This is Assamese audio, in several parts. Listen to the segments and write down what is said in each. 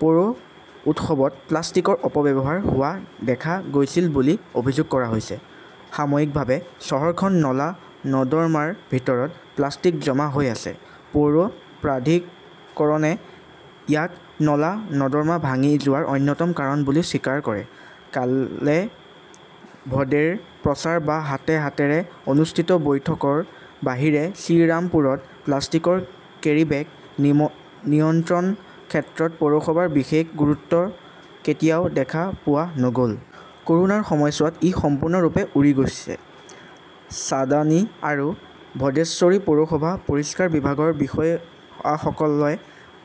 পৌৰ উৎসৱত প্লাষ্টিকৰ অপব্যৱহাৰ হোৱা দেখা গৈছিল বুলি অভিযোগ কৰা হৈছে। সামগ্ৰিকভাৱে, চহৰখনৰ নলা-নৰ্দমাৰ ভিতৰত প্লাষ্টিক জমা হৈ আছে। পৌৰ প্ৰাধিকৰণে ইয়াক নলা-নৰ্দমা ভাঙি যোৱাৰ অন্যতম কাৰণ বুলি স্বীকাৰ কৰে। কালেভদ্ৰেৰ প্ৰচাৰ বা হাতে হাতেৰে অনুষ্ঠিত বৈঠকৰ বাহিৰে শ্ৰীৰামপুৰত প্লাষ্টিকৰ কেৰীবেগ নিয়ন্ত্ৰণৰ ক্ষেত্ৰত পৌৰসভাৰ বিশেষ গুৰুত্ব কেতিয়াও দেখা পোৱা নগল। কৰোনাৰ সময়ছোৱাত ই সম্পূৰ্ণৰূপে উৰি গৈছে। চান্দানী আৰু ভদ্ৰেশ্বৰ পৌৰসভাৰ পৰিষ্কাৰ বিভাগৰ বিষয়াসকলে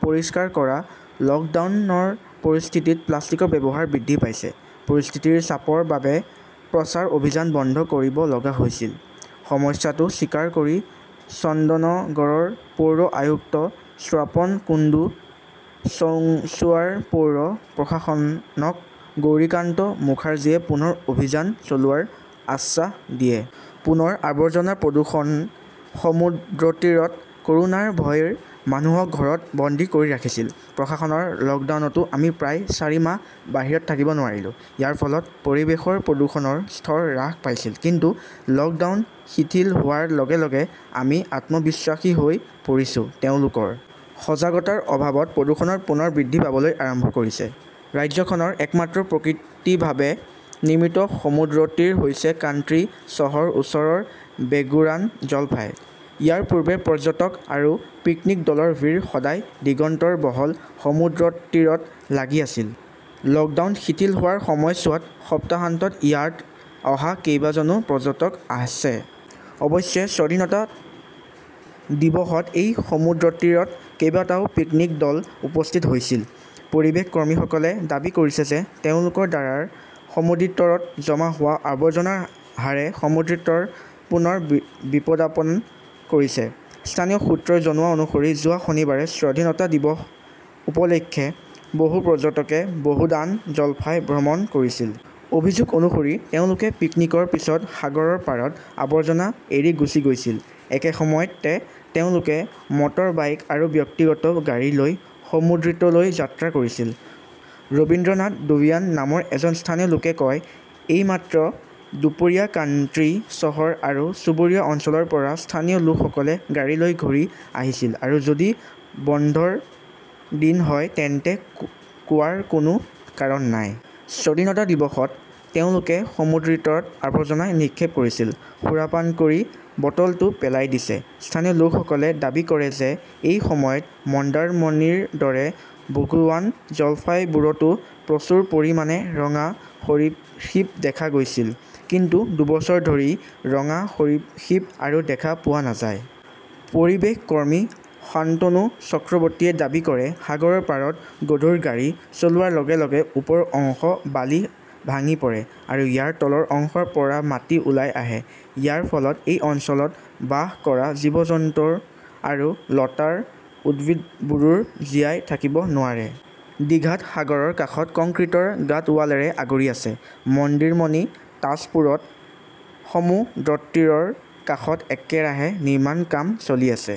পৰিষ্কাৰ কৰা, লকডাউনৰ পৰিস্থিতিত প্লাষ্টিকৰ ব্যৱহাৰ বৃদ্ধি পাইছে। পৰিস্থিতিৰ চাপৰ বাবেই প্ৰচাৰ অভিযান বন্ধ কৰিব লগা হৈছিল। সমস্যাটো স্বীকাৰ কৰি চন্দননগৰৰ পৌৰ আয়ুক্ত স্বপন কুণ্ডু, চুঞ্চুৰাৰ পৌৰ প্ৰশাসক গৌৰিকান্ত মুখাৰ্জীয়ে পুনৰ অভিযান চলোৱাৰ আশ্বাস দিয়ে। পুনৰ আবৰ্জনা প্ৰদূষণ সমুদ্ৰতীৰত কৰোনাৰ ভয়ই মানুহক ঘৰত বন্দী কৰি ৰাখিছিল। প্ৰশাসনৰ লকডাউনতো আমি প্ৰায় চাৰি মাহ বাহিৰত থাকিব নোৱাৰিলো। ইয়াৰ ফলত পৰিৱেশৰ প্ৰদূষণৰ স্তৰ হ্ৰাস পাইছিল। কিন্তু লকডাউন শিথিল হোৱাৰ লগে-লগে আমি আত্মবিশ্বাসী হৈ পৰিছো। তেওঁলোকৰ সজাগতাৰ অভাৱত প্ৰদূষণ পুনৰ বৃদ্ধি পাবলৈ আৰম্ভ কৰিছে! ৰাজ্যখনৰ একমাত্ৰ প্ৰাকৃতিকভাৱে নিৰ্মিত সমুদ্ৰতীৰ হৈছে কান্তী চহৰৰ ওচৰৰ বোগুৰান জলফাই। ইয়াৰ পূৰ্বে পৰ্যটক আৰু পিকনিক দলৰ ভিৰ সদায় দিগন্তৰ বহল সমুদ্ৰতীৰত লাগি আছিল। লকডাউন শিথিল হোৱাৰ সময়ছোৱাত সপ্তাহান্তত ইয়াত অহা কেইবাজনো পৰ্যটক আছে। অৱশ্যে স্বাধীনতা দিৱসত এই সমুদ্ৰতীৰত কেইবাটাও পিকনিক দল উপস্থিত হৈছিল। পৰিৱেশ কৰ্মীসকলে দাবী কৰিছে যে তেওঁলোকৰ দ্বাৰা সমুদ্ৰতীৰত জমা হোৱা আৱৰ্জনাৰ হাৰে সমুদ্ৰতীৰক পুনৰ বিপদাপন্ন কৰিছে। স্থানীয় সূত্ৰই জনোৱা অনুসৰি যোৱা শনিবাৰে স্বাধীনতা দিৱস উপলক্ষে বহু পৰ্যটকে বগুদান জলফাই ভ্ৰমণ কৰিছিল। অভিযোগ অনুসৰি তেওঁলোকে পিকনিকৰ পিছত সাগৰৰ পাৰত আবৰ্জনা এৰি গুচি গৈছিল। একে সময়তে তেওঁলোকে মটৰবাইক আৰু ব্যক্তিগত গাড়ী লৈ সমুদ্ৰতীৰলৈ যাত্ৰা কৰিছিল। ৰবীন্দ্ৰনাথ ভুৱিয়ান নামৰ এজন স্থানীয় লোকে কয়, এইমাত্ৰ দুপৰীয়া কান্থী চহৰ আৰু চুবুৰীয়া অঞ্চলৰ পৰা স্থানীয় লোকসকলে গাড়ী লৈ ঘূৰি আহিছিল আৰু যদি বন্ধৰ দিন হয় তেন্তে কোৱাৰ কোনো কাৰণ নাই। স্বাধীনতা দিৱসত তেওঁলোকে সমুদ্ৰতীৰত আৱৰ্জনা নিক্ষেপ কৰিছিল। সুৰাপান কৰি বটলটো পেলাই দিছে। স্থানীয় লোকসকলে দাবী কৰে যে এসময়ত মন্দাৰমনিৰ দৰে বগুড়ান জলফাইবোৰতো প্ৰচুৰ পৰিমাণে ৰঙা সৰীসৃপ দেখা গৈছিল। কিন্তু দুবছৰ ধৰি ৰঙা সৰীসৃপ আৰু দেখা পোৱা নাযায়। পৰিৱেশ কৰ্মী সন্তানু চক্ৰৱৰ্তীয়ে দাবী কৰে, সাগৰৰ পাৰত গধুৰ গাড়ী চলোৱাৰ লগে লগে ওপৰৰ অংশৰ বালি ভাঙি পৰে। আৰু ইয়াৰ তলৰ অংশৰ পৰা মাটি ওলাই আহে। ইয়াৰ ফলত সেই অঞ্চলত বাস কৰা জীৱ-জন্তু আৰু লতাৰ উদ্ভিদবোৰ জীয়াই থাকিব নোৱাৰে। ডিঘাত সাগৰৰ কাষত কংক্ৰিটৰ গাৰ্ডৱালেৰে আগুৰি আছে। মন্দিৰমণি, তাজপুৰত সমুদ্ৰতীৰৰ কাষত একেৰাহে নিৰ্মাণৰ কাম চলি আছে।